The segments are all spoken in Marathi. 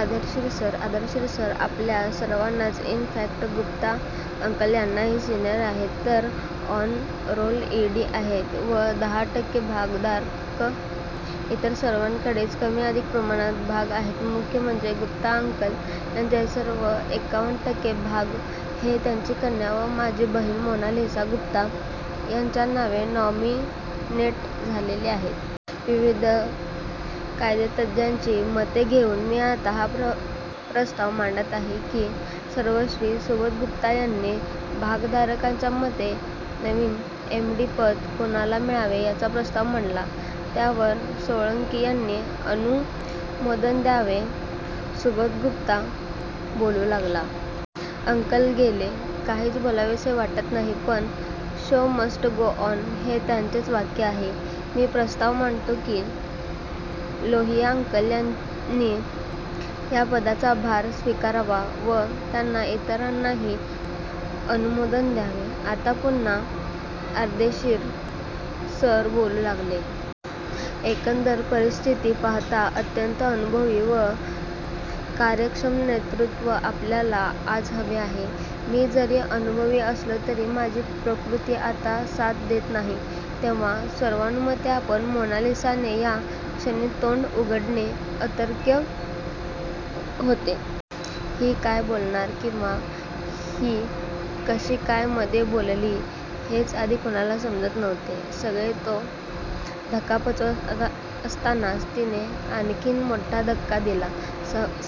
अर्देशीर सर! अर्देशीर सर आपल्या सर्वांनाच, इन फॅक्ट गुप्ता अंकल यांनाही सिनियर आहेत. ते ऑन रोल ई. डी. आहेत व दहा टक्के भागधारक! इतर सर्वांकडेच कमीअधिक प्रमाणात भाग आहेत. मुख्य म्हणजे, गुप्ता अंकल यांचे सर्व एक्कावन टक्के भाग हे त्यांची कन्या व माझी बहीण मोनालिसा गुप्ता यांच्या नावे नॉमिनेट झालेले आहेत। विविध कायदेतज्ञांची मते घेऊन मी आता हा प्रस्ताव मांडत आहे. की सर्वश्री सुबोध गुप्ता यांनी भागधारकांच्या मते नवीन एम. डी. पद कुणाला मिळावे याचा प्रस्ताव मांडावा. त्यावर सोळंकी यांनी अनुमोदन द्यावे. सुबोध गुप्ता बोलू लागला. " अंकल गेले.. काहीच बोलावेसे वाटत नाही. पण, शो मस्ट गो ऑन, हे त्यांचेच वाक्य आहे. मी प्रस्ताव मांडतो की.. लोहिया अंकल यांनी या पदाचा भार स्वीकारावा व त्यांना इतरांनी अनुमोदन द्यावे. " आता पुन्हा अर्देशीर सर बोलू लागले. "एकंदर परिस्थिती पाहता, अत्यंत अनुभवी व कार्यक्षम नेतृत्व आपल्याला आज हवे आहे.. मी जरी अनुभवी असलो तरी माझी प्रकृती आता साथ देत नाही. तेव्हा सर्वानुमते आपण " मोनालिसाने या क्षणी तोंड उघडणे अतर्क्य होते. ही काय बोलणार किंवा ही कशी काय मधे बोलली हेच आधी कुणाला समजत नव्हते. सगळे तो धक्का पचवत असतानाच तिने आणखीन मोठा धक्का दिला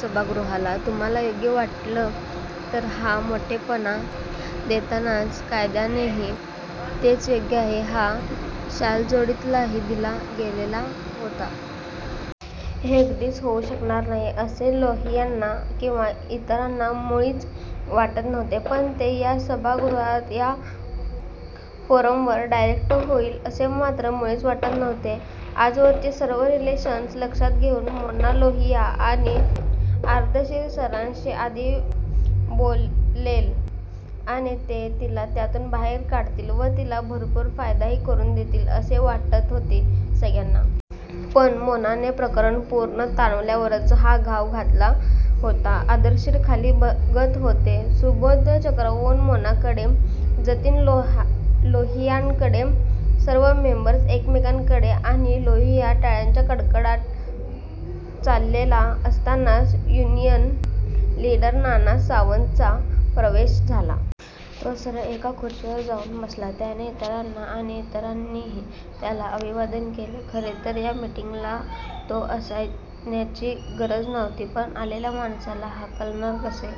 सभागृहाला. 'तुम्हाला योग्य वाटलं' तर हा मोठेपणा देतानाच 'कायद्यानेही तेच योग्य आहे' हा शालजोडीतलाही दिला गेलेला होता. 'हे' अगदीच होऊ शकणार नाही असे लोहियांना किंवा इतरांना मुळीच वाटत नव्हते. पण ते या सभागृहात, या फोरमवर डायरेक्ट होईल असे मात्र मुळीच वाटत नव्हते. आजवरची सर्व रिलेशन्स लक्षात घेऊन मोना लोहिया आणि अर्देशीर सरांशी आधी बोलेल आणि ते तिला त्यातून बाहेर काढतील व तिला भरपूर फायदाही करून देतील असे वाटत होते सगळ्यांना! पण! मोनाने प्रकरण पूर्ण तापल्यावरच हा घाव घातला होता. अर्देशीर खाली बघत होते. सुबोध चक्रावून मोनाकडे! जतीन लोहियांकडे सर्व मेंबर्स एकमेकांकडे ,आणि लोहिया टाळ्यांचा कडकडाट चाललेला असतानाच युनियन लीडर नाना सावंतचा प्रवेश झाला. तो सरळ एका खुर्चीवर जाऊन बसला. त्याने इतरांना आणि इतरांनीही त्याला अभिवादन केले. खरे तर या मीटिंगला तो असण्याची गरजच नव्हती. पण आलेल्या माणसाला हाकलणार कसे?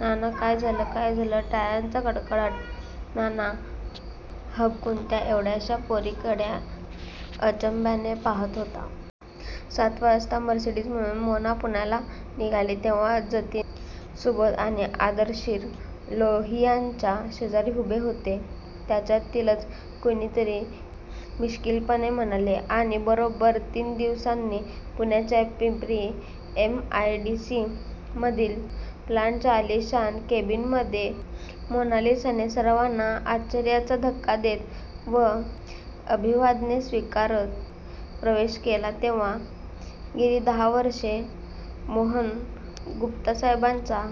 नाना काय झालं काय? टाळ्यांचा कडकडाट? नाना हबकून त्या 'एवढ्याश्या' पोरीकडे अचंब्याने पाहात होता. सात वाजता मर्सिडिझमधून मोना पुण्याला निघाली तेव्हा जतीन, सुबोध आणि अर्देशीर लोहियांच्या शेजारी उभे होते. त्यांच्यातीलच कुणीतरी मिश्कीलपणे म्हणाले. आणि बरोब्बर तीन दिवसांनी पुण्याच्या Pimpri M I D C मधील प्लॅन्टच्या आलिशान केबीनमध्ये मोनालिसाने सर्वांना आश्चर्याचा धक्का देत व अभिवादने स्वीकारत प्रवेश केला तेव्हा गेली दहा वर्षे मोहन गुप्तासाहेबांचा.